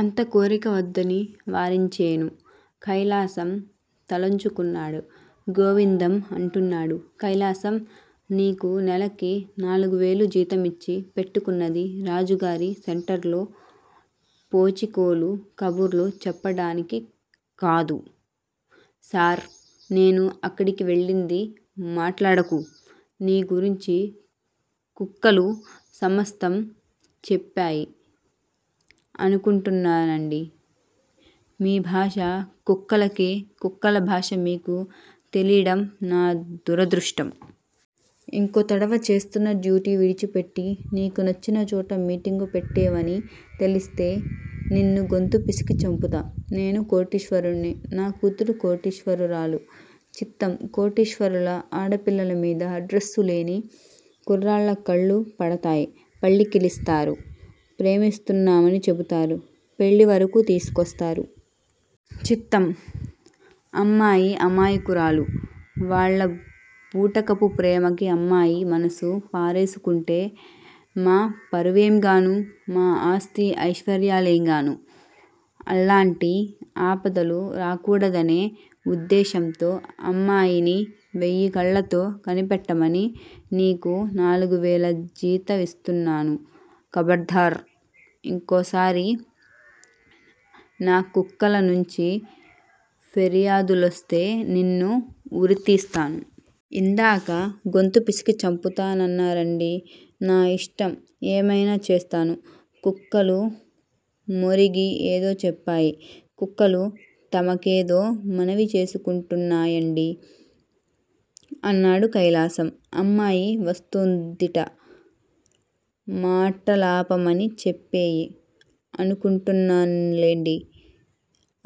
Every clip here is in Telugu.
అంత కోరిక వద్దని వారించేను. కైలాసం తలొంచుకున్నాడు. గోవిందం అంటున్నాడు కైలాసం! నీకు నెలకి నాలుగు వేలు జీతమిచ్చి పెట్టుకున్నది రాజుగారి సెంటర్లో పోచికోలు ఖబుర్లు చెప్పడానికి క్కాదు! సార్! నేను అక్కడికి వెళ్లింది మాట్లాడకు! నీ గురించి కుక్కలు సమస్తం చెప్పేయి! అనుకుంటున్నానండీ! మీ భాష కుక్కలకీ, కుక్కల భాష మీకూ తీలీడం నా దురదృష్టం! ఇంకో తడవ చేస్తున్న డ్యూటీ విడిచిపెట్టి నీకు నచ్చిన చోట మీటింగు పెట్టేవని తెలుస్తే నిన్ను గొంతు పిసికి చంపుతా! నేను కోటీశ్వరుణ్ని. నా కూతురు కోటీశ్వరురాలు! చిత్తం! కోటీశ్వరుల ఆడపిల్లల మీద అడ్రస్సు లేని కుర్రాళ్ల కళ్లు పడతాయి. పళ్లికిలిస్తారు. ప్రేమిస్తున్నామని చెబుతారు. పెళ్లివరకు తీసుకొస్తారు. చిత్తం! అమ్మాయి అమాయకురాలు. వాళ్ల బూటకపు ప్రేమకి అమ్మాయి మనసు పారేసుకుంటే, మా పరువేంగాను? మా ఆస్తీ, ఐశ్వర్యలేంగాను? అల్లాంటి ఆపదలు రాకూడదనే ఉద్దేశంతో అమ్మాయిని వెయ్యి కళ్లతో కనిపెట్టమని నీకు నాలుగు వేల జీత మిస్తున్నాను. ఖబడ్దార్! ఇంకోసారి నా కుక్కల నుంచి ఫిర్యాదులోస్తే నిన్ను ఉరితీస్తాను. ఇందాక గొంతు పిసికి చంపుతా నాన్నారండి! నా ఇష్టం! ఏమైనా చేస్తాను! కుక్కలు మొరిగి ఏదో చెప్పాయి. కుక్కలు తమ కేదో మనవి చేసుకుంటున్నాయండి! అన్నాడు కైలాసం. అమ్మాయి వస్తోందిట మాటలాపమని చెప్పేయి. అనుకుంటున్నాన్లేండి.!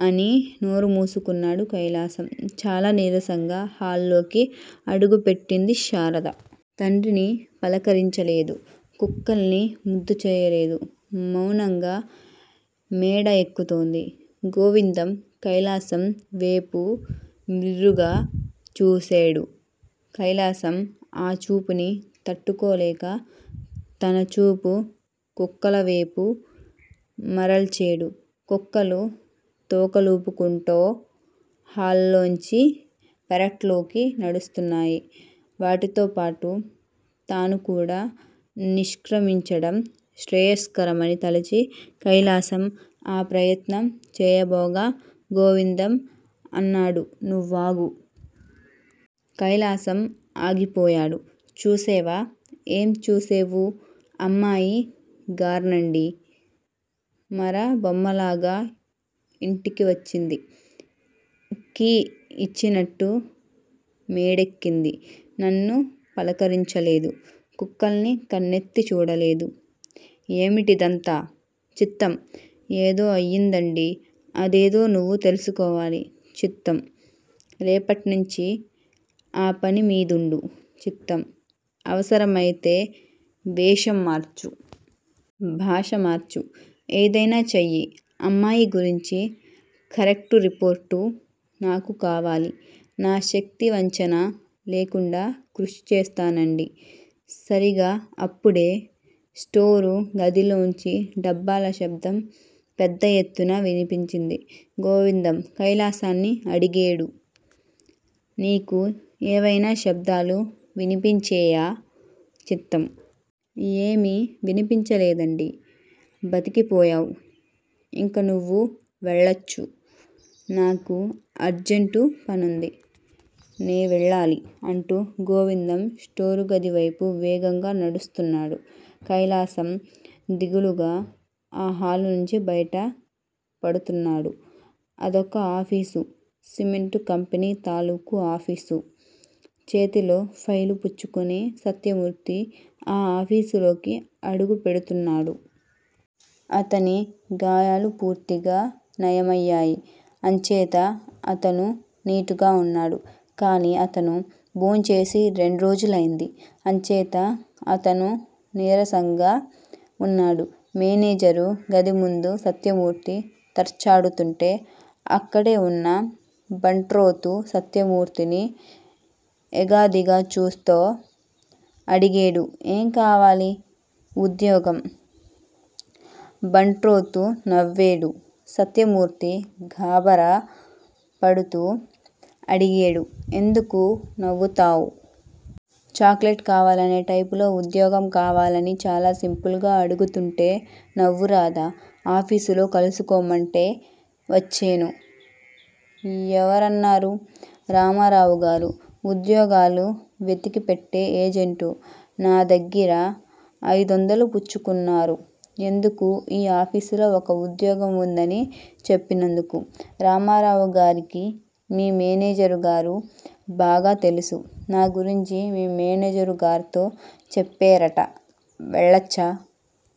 అని నోరు మూసుకున్నాడు కైలాసం. చాలా నీరసంగా హాల్లోకి అడుగుపెట్టింది శారద. తండ్రిని పలకరించలేదు. కుక్కల్ని ముద్దు చేయలేదు. మౌనంగా మేడ ఎక్కుతోంది! గోవిందం కైలాసం వేపు మిర్రుగ చూసేడు. కైలాసం ఆ చూపుని తట్టుకోలేక, తన చూపు కుక్కల వేపు మరల్చేడు. కుక్కలు తోక లూపుకుంటో హాల్లోంచి పెరట్లోకి నడుస్తున్నాయి వాటితోపాటు తాను కూడా నిష్ర్కమించడం శ్రేయస్కరమని తలచి కైలాసం ఆ ప్రయత్నం చేయబోగా గోవిందం అన్నాడు- నువ్వాగు! కైలాసం ఆగిపోయాడు. చూసేవా? ఏం చూసేవు? అమ్మాయి గార్నండి! మర బొమ్మలాగా ఇంటికి వచ్చింది. కీ ఇచ్చినట్టు మేడెక్కింది. నన్ను పలకరించలేదు. కుక్కల్ని కన్నెత్తి చూడలేదు. ఏమిటిదంతా? చిత్తం! ఏదో అయ్యిందండి! అదేదో నువ్వు తెలుసుకోవాలి! చిత్తం! రేపట్నించి ఆ పని మీదుండు! చిత్తం! అవసరమైతే వేషం మార్చు. భాష మార్చు. ఏదైనా చెయ్యి! అమ్మాయి గురించి కరెక్టు రిపోర్టు నాకు కావాలి! నా శక్తి వంచన లేకుండా కృషి చేస్తానండి! సరిగా అప్పుడే స్టోరు గదిలోంచి డబ్బాల శబ్దం పెద్ద ఎత్తున వినిపించింది. గోవిందం కైలాసాన్ని అడిగేడు నీకు ఏవైనా శబ్దాలు వినిపించేయా? చిత్తం! ఏమీ వినిపించలేదండి. బతికి పోయావ్! ఇంక నువ్వు వెళ్లచ్చు! నాకు అర్జంటు పనుంది. నేవెళ్లాలి! అంటూ గోవిందం స్టోరు గది వైపు వేగంగా నడుస్తున్నాడు. కైలాసం దిగులుగా ఆ హాలు నుంచి బయట పడుతున్నాడు. అదొక ఆఫీసు. సిమెంటు కంపెనీ తాలూకు ఆఫీసు! చేతిలో ఫైలు పుచ్చుకుని సత్యమూర్తి ఆ ఆఫీసులోకి అడుగు పెడుతున్నాడు. అతని గాయాలుపూర్తిగా నయమయ్యేయి. అంచేత అతను నీటుగా వున్నాడు. కానీ, అతను భోంచేసి రెండ్రోజులైంది. అంచేత అతను నీరసంగా వున్నాడు. మేనేజరు గది ముందు సత్యమూర్తి తచ్చాడుతుంటే, అక్కడే ఉన్న బంట్రోతు సత్యమూర్తిని ఎగాదిగా చూస్తో అడిగేడు ఏం కావాలి? ఉద్యోగం. బంట్రోతు నవ్వేడు. సత్యమూర్తి గాబరా పడుతూ అడిగేడు- ఎందుకు నవ్వుతావ్? చాక్ లెట్ కావాలనే టైపులో ఉద్యోగం కావాలని చాలా సింపుల్ గా అడుగుతుంటే నవ్వు రాదా? ఆఫీసులో కలుసుకోమంటే వచ్చేను. ఎవరన్నారు? రామారావుగారు. ఉద్యోగాలు వెతికి పెట్టె ఏజెంటు. నా దగ్గిర అయిదొందలు పుచ్చుకున్నారు. ఎందుకు ఈ ఆఫీసులో ఒక ఉద్యోగం వుందని చెప్పినందుకు. రామారావుగారికి మీ మేనేజరు గారు బాగా తెలుసు. నా గురించి మీ మేనేజరు గార్తో చెప్పేరట. వెళ్లచ్చా?